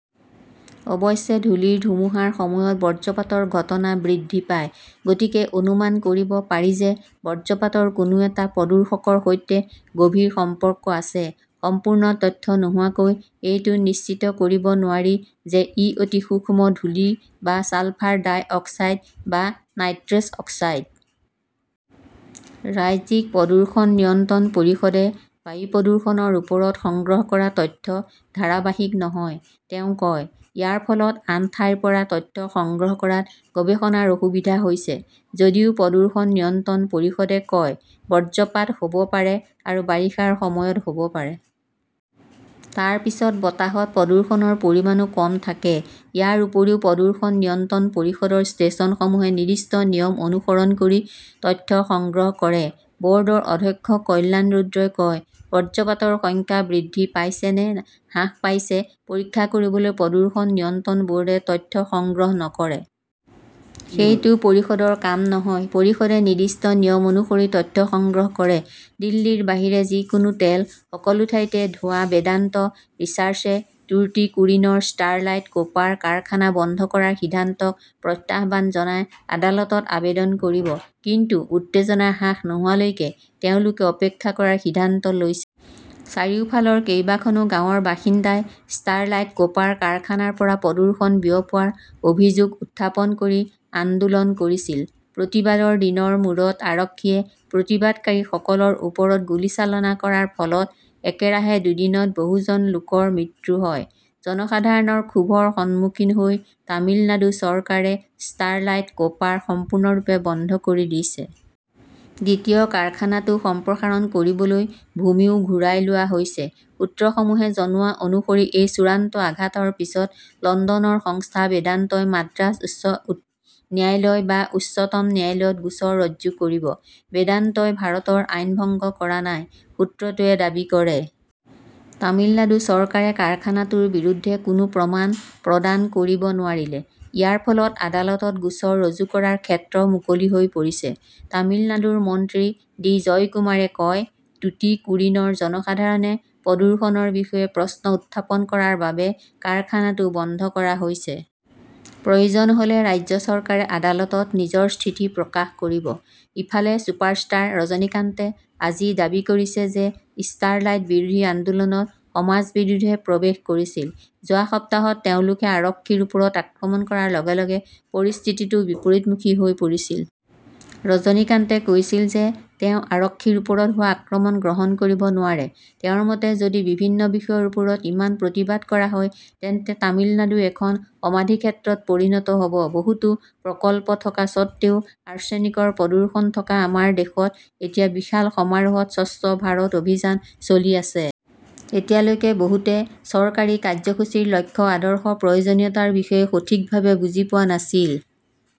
অৱশ্যে ধূলিৰ ধুমুহাৰ সময়ত বজ্ৰপাতৰ ঘটনা বৃদ্ধি পায়। গতিকে অনুমান কৰিব পাৰি যে, বজ্ৰপাতৰ কোনো এটা প্ৰদূষকৰ সৈতে গভীৰ সম্পৰ্ক আছে। সম্পূৰ্ণ তথ্য নোহোৱাকৈ এইটো নিশ্চিত কৰিব নোৱাৰি যে, ই অতি সূক্ষ্ম ধূলি বা ছালফাৰ-ডাই-অক্সাইড বা নাইট্ৰছ অক্সাইড। "ৰাজ্যিক প্ৰদূষণ নিয়ন্ত্ৰণ পৰিষদে বায়ু প্ৰদূষণৰ ওপৰত সংগ্ৰহ কৰা তথ্য ধাৰাবাহিক নহয়", তেওঁ কয়। ইয়াৰ ফলত আন ঠাইৰ পৰা তথ্য সংগ্ৰহ কৰাত গৱেষণাৰ অসুবিধা হৈছে। "যদিও প্ৰদূষণ নিয়ন্ত্ৰণ পৰিষদে কয়, বজ্ৰপাত হব পাৰে আৰু বাৰিষাৰ সময়ত হব পাৰে। তাৰ পিছত বতাহত প্ৰদূষণৰ পৰিমাণো কম থাকে। ইয়াৰ উপৰিও, প্ৰদূষণ নিয়ন্ত্ৰণ পৰিষদৰ ষ্টেচনসমূহে নিৰ্দিষ্ট নিয়ম অনুসৰণ কৰি তথ্য সংগ্ৰহ কৰে। বৰ্ডৰ অধ্যক্ষ কল্যাণ ৰুদ্ৰই কয়, "বজ্ৰপাতৰ সংখ্যা বৃদ্ধি পাইছে নে হ্ৰাস পাইছে পৰীক্ষা কৰিবলৈ প্ৰদূষণ নিয়ন্ত্ৰণ বৰ্ডে তথ্য সংগ্ৰহ নকৰে। সেইটো পৰিষদৰ কাম নহয়। পৰিষদে নিৰ্দিষ্ট নিয়ম অনুসৰি তথ্য সংগ্ৰহ কৰে"। দিল্লীৰ বাহিৰে যিকোনো তেল, সকলো ঠাইতে ধোঁৱা বেদান্ত ৰিজাৰ্ছে টুটিকোৰিনৰ ষ্টাৰলাইট কপাৰ কাৰখানা বন্ধ কৰাৰ সিদ্ধান্তক প্ৰত্যাহ্বান জনাই আদালতত আবেদন কৰিব। কিন্তু উত্তেজনা হ্ৰাস নোহোৱালৈকে তেওঁলোকে অপেক্ষা কৰাৰ সিদ্ধান্ত লৈছে। চাৰিওফালৰ কেইবাখনো গাঁৱৰ বাসিন্দাই ষ্টাৰলাইট কপাৰ কাৰখানাৰ পৰা প্ৰদূষণ বিয়পোৱাৰ অভিযোগ উত্থাপন কৰি আন্দোলন কৰিছিল। প্ৰতিবাদৰ দিনৰ মূৰত আৰক্ষীয়ে প্ৰতিবাদকাৰীসকলৰ ওপৰত গুলীচালনা কৰাৰ ফলত একেৰাহে দুদিনত বহুজন লোকৰ মৃত্যু হয়। জনসাধাৰণৰ ক্ষোভৰ সন্মুখীন হৈ তামিলনাডু চৰকাৰে ষ্টাৰলাইট কপাৰ সম্পূৰ্ণৰূপে বন্ধ কৰি দিছে। দ্বিতীয় কাৰখানাটো সম্প্ৰসাৰণ কৰিবলৈ ভূমিও ঘূৰাই লোৱা হৈছে। সূত্ৰসমূহে জনোৱা অনুসৰি এই চূড়ান্ত আঘাতৰ পিছত লণ্ডনৰ সংস্থা বেদান্তই মাদ্ৰাজ উচ্চ ন্যায়ালয় বা উচ্চতম ন্যায়ালয়ত গোচৰ ৰুজু কৰিব। "বেদান্তই ভাৰতৰ আইন ভংগ কৰা নাই", সূত্ৰটোৱে দাবী কৰে। তামিলনাডু চৰকাৰে কাৰখানাটোৰ বিৰুদ্ধে কোনো প্ৰমাণ প্ৰদান কৰিব নোৱাৰিলে। ইয়াৰ ফলত আদালতত গোচৰ ৰুজু কৰাৰ ক্ষেত্ৰ মুকলি হৈ পৰিছে। তামিলনাডুৰ মন্ত্ৰী ডি জয়কুমাৰে কয়, "টুটিকোৰিনৰ জনসাধাৰণে প্ৰদূষণৰ বিষয়ে প্ৰশ্ন উত্থাপন কৰাৰ বাবে কাৰখানাটো বন্ধ কৰা হৈছে। প্ৰয়োজন হলে, ৰাজ্য চৰকাৰে আদালতত নিজৰ স্থিতি প্ৰকাশ কৰিব"। ইফালে ছুপাৰষ্টাৰ ৰজনীকান্তে আজি দাবী কৰিছে যে, ষ্টাৰলাইট বিৰোধী আন্দোলনত সমাজ বিৰোধীয়ে প্ৰৱেশ কৰিছিল। যোৱা সপ্তাহত তেওঁলোকে আৰক্ষীৰ ওপৰত আক্ৰমণ কৰাৰ লগে লগে পৰিস্থিতিটো বিপৰীতমুখী হৈ পৰিছিল। ৰজনীকান্তে কৈছিল যে, তেওঁ আৰক্ষীৰ ওপৰত হোৱা আক্ৰমণ গ্ৰহণ কৰিব নোৱাৰে। তেওঁৰ মতে, যদি বিভিন্ন বিষয়ৰ ওপৰত ইমান প্ৰতিবাদ কৰা হয়, তেন্তে তামিলনাডু এখন সমাধিক্ষেত্ৰত পৰিণত হব। বহুতো প্ৰকল্প থকা সত্ত্বেও আৰ্ছেনিকৰ প্ৰদূষণ থকা আমাৰ দেশত এতিয়া বিশাল সমাৰোহত স্বচ্ছ ভাৰত অভিযান চলি আছে। এতিয়ালৈকে বহুতে চৰকাৰী কাৰ্যসূচীৰ লক্ষ্য, আদৰ্শ, প্ৰয়োজনীয়তাৰ বিষয়ে সঠিকভাৱে বুজি পোৱা নাছিল।